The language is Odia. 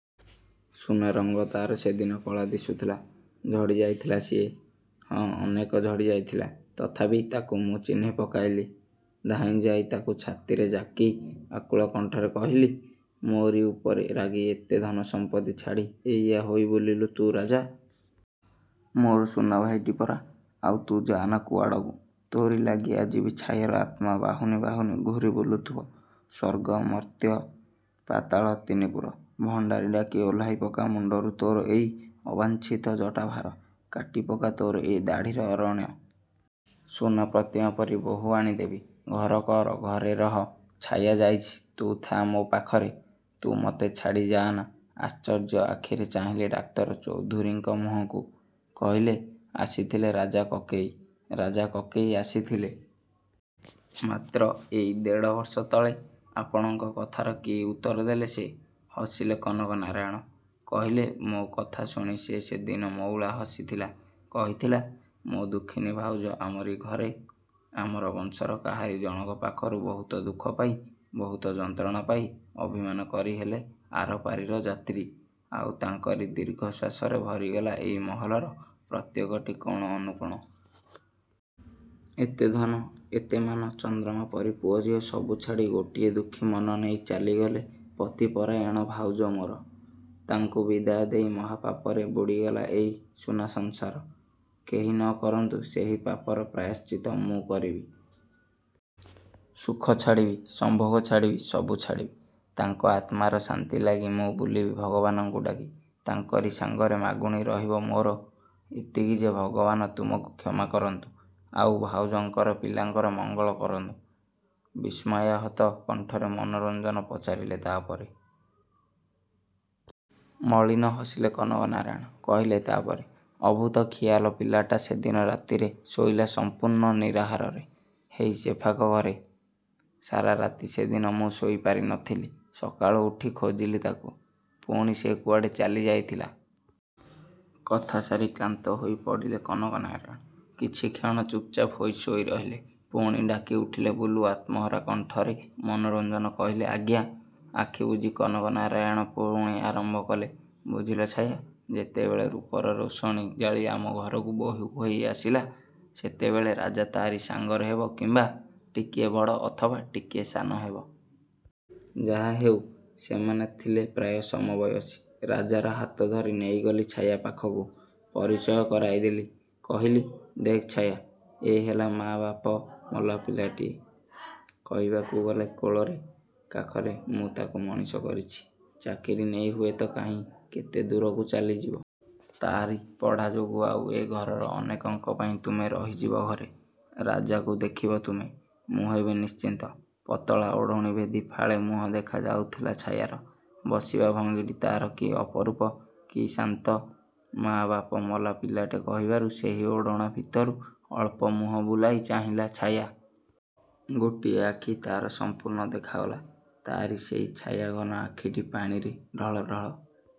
ସୁନା ରଙ୍ଗ ତା'ର ସେଦିନ କଳା ଦିଶୁଥିଲା। ଝଡ଼ି ଯାଇଥିଲା ସିଏ। ହଁ, ଅନେକ ଝଡ଼ି ଯାଇଥିଲା। ତଥାପି ତାକୁ ମୁଁ ଚିହ୍ନି ପକାଇଲି। ଧାଇଁ ଯାଇ ତାକୁ ଛାତିରେ ଜାକି ଆକୁଳ କଣ୍ଠରେ କହିଲି, ମୋରି ଉପରେ ରାଗି ଏତେ ଧନ ସମ୍ପତ୍ତି ଛାଡ଼ି ଏଇଆ ହୋଇ ବୁଲିଲୁ ତୁ ରାଜା? ମୋ ସୁନା ଭାଇଟି ପରା, ଆଉ ତୁ ଯାଆନା କୁଆଡ଼କୁ। ତୋରି ଲାଗି ଆଜି ବି ଛାୟାର ଆତ୍ମା ବାହୁନି ବାହୁନି ଘୂରି ବୁଲୁଥିବ ସ୍ୱର୍ଗ, ମର୍ତ୍ତ୍ୟ, ପାତାଳ ତିନିପୁର। ଭଣ୍ଡାରୀ ଡାକି ଓହ୍ଲାଇ ପକା ମୁଣ୍ଡରୁ ତୋର ଏଇ ଅବାଞ୍ଛିତ ଜଟାଭାର। କାଟି ପକା ତୋର ଏଇ ଦାଢ଼ିର ଅରଣ୍ୟ। ସୁନା ପ୍ରତିମା ପରି ବୋହୂ ଆଣି ଦେବି। ଘର କର, ଘରେ ରହ। ଛାୟା ଯାଇଛି, ତୁ ଥା ମୋ ପାଖରେ। ତୁ ମତେ ଛାଡ଼ି ଯାଆନା। ଆଶ୍ଚର୍ଯ୍ୟ ଆଖିରେ ଚାହିଁଲେ ଡାକ୍ତର ଚୌଧୁରୀଙ୍କ ମୁହଁକୁ। କହିଲେ ଆସିଥିଲେ ରାଜା କକେଇ। ରାଜା କକେଇ ଆସିଥିଲେ! ମାତ୍ର ଏଇ ଦେଢ଼ ବର୍ଷ ତଳେ! ଆପଣଙ୍କ କଥାର କି ଉତ୍ତର ଦେଲେ ସେ? ହସିଲେ କନକନାରାୟଣ। କହିଲେ ମୋ କଥା ଶୁଣି ସେ ସେଦିନ ମଉଳା ହସିଥିଲା। କହିଥିଲା ମୋ ଦୁଃଖିନୀ ଭାଉଜ ଆମରି ଘରେ ଆମର ବଂଶର କାହାରି ଜଣକ ପାଖରୁ ବହୁତ ଦୁଃଖ ପାଇ, ବହୁତ ଯନ୍ତ୍ରଣା ପାଇ ଅଭିମାନ କରି ହେଲେ ଆରପାରିର ଯାତ୍ରୀ; ଆଉ ତାଙ୍କରି ଦୀର୍ଘଶ୍ୱାସରେ ଭରିଗଲା ଏଇ ମହଲର ପ୍ରତ୍ୟେକଟି କୋଣ, ଅନୁକୋଣ। ଏତେ ଧନ, ଏତେ ମାନ, ଚନ୍ଦ୍ରମା ପରି ପୁଅ ଝିଅ ସବୁ ଛାଡ଼ି ଗୋଟିଏ ଦୁଃଖୀ ମନ ନେଇ ଚାଲିଗଲେ ପତିପରାୟଣ ଭାଉଜ ମୋର। ତାଙ୍କୁ ବିଦାୟ ଦେଇ ମହାପାପରେ ବୁଡ଼ି ଗଲା ଏଇ ସୁନା ସଂସାର। କେହି ନ କରନ୍ତୁ ସେହି ପାପର ପ୍ରାୟଶ୍ଚିତ, ମୁଁ କରିବି। ସୁଖ ଛାଡ଼ିବି, ସମ୍ଭୋଗ ଛାଡ଼ିବି, ସବୁ ଛାଡ଼ିବି। ତାଙ୍କ ଆତ୍ମାର ଶାନ୍ତି ଲାଗି ମୁଁ ବୁଲିବି ଭଗବାନଙ୍କୁ ଡାକି, ତାଙ୍କରି ସାଙ୍ଗରେ ମାଗୁଣି ରହିବ ମୋର ଏତିକି ଯେ ଭଗବାନ ତୁମକୁ କ୍ଷମା କରନ୍ତୁ। ଆଉ, ଭାଉଜଙ୍କର ପିଲାଙ୍କର ମଙ୍ଗଳ କରନ୍ତୁ। ବିସ୍ମୟାହତ କଣ୍ଠରେ ମନୋରଞ୍ଜନ ପଚାରିଲେ ତା' ପରେ! ମଳିନ ହସିଲେ କନକନାରାୟଣ! କହିଲେ ତା' ପରେ! ଅଦ୍ଭୁତ ଖିଆଲ ପିଲାଟା ସେଦିନ ରାତିରେ ଶୋଇଲା ସମ୍ପୂର୍ଣ୍ଣ ନିରାହାରରେ, ହେଇ ସେପାଖ ଘରେ। ସାରା ରାତି ସେଦିନ ମୁଁ ଶୋଇ ପାରି ନଥିଲି। ସକାଳୁ ଉଠି ଖୋଜିଲି ତାକୁ। ପୁଣି ସେ କୁଆଡ଼େ ଚାଲି ଯାଇଥିଲା। କଥା ସାରି କ୍ଳାନ୍ତ ହୋଇ ପଡ଼ିଲେ କନକନାରାୟଣ। କିଛି କ୍ଷଣ ଚୁପ୍‌ଚାପ୍ ହୋଇ ଶୋଇ ରହିଲେ। ପୁଣି ଡାକି ଉଠିଲେ ବୁଲୁ ଆତ୍ମହରା କଣ୍ଠରେ ମନୋରଞ୍ଜନ କହିଲେ ଆଜ୍ଞା। ଆଖି ବୁଜି କନକନାରାୟଣ ପୁଣି ଆରମ୍ଭ କଲେ ବୁଝିଲ ଛାୟା ଯେତେବେଳେ ରୂପର ରୋଷଣୀ ଜାଳି ଆମ ଘରକୁ ବୋହୂ ହୋଇ ଆସିଲା, ସେତେବେଳେ ରାଜା ତା’ରି ସାଙ୍ଗର ହେବ କିମ୍ବା ଟିକିଏ ବଡ଼, ଅଥବା ଟିକିଏ ସାନ ହେବ। ଯାହା ହେଉ, ସେମାନେ ଥିଲେ ପ୍ରାୟ ସମବୟସୀ। ରାଜାର ହାତ ଧରି ନେଇଗଲି ଛାୟା ପାଖକୁ। ପରିଚୟ କରାଇ ଦେଲି। କହିଲି ଦେଖ୍ ଛାୟା, ଏ ହେଲା ମାଆ ବାପ ମଲା ପିଲାଟିଏ। କହିବାକୁ ଗଲେ କୋଳରେ କାଖରେ ମୁଁ ତାକୁ ମଣିଷ କରିଛି। ଚାକିରି ନେଇ ହୁଏତ କାହିଁ କେତେ ଦୂରକୁ ଚାଲି ଯିବ। ତା'ରି ପଢ଼ା ଯୋଗୁଁ ଆଉ ଏ ଘରର ଅନେକଙ୍କ ପାଇଁ ତୁମେ ରହିଯିବ ଘରେ। ରାଜାକୁ ଦେଖିବ ତୁମେ। ମୁଁ ହେବି ନିଶ୍ଚିନ୍ତ। ପତଳା ଓଢ଼ଣା ଭେଦି ଫାଳେ ମୁହଁ ଦେଖା ଯାଉଥିଲା ଛାୟାର। ବସିବା ଭଙ୍ଗୀଟି ତା'ର କି ଅପରୂପ। କି ଶାନ୍ତ। ମାଆ ବାପ ମଲା ପିଲାଟେ କହିବାରୁ ସେହି ଓଢ଼ଣା ଭିତରୁ ଅଳ୍ପ ମୁହଁ ବୁଲାଇ ଚାହିଁଲା ଛାୟା। ଗୋଟିଏ ଆଖି ତା'ର ସମ୍ପୂର୍ଣ୍ଣ ଦେଖାଗଲା। ତା'ରି ସେଇ ଛାୟାଘନ ଆଖିଟି ପାଣିରେ ଢଳଢଳ।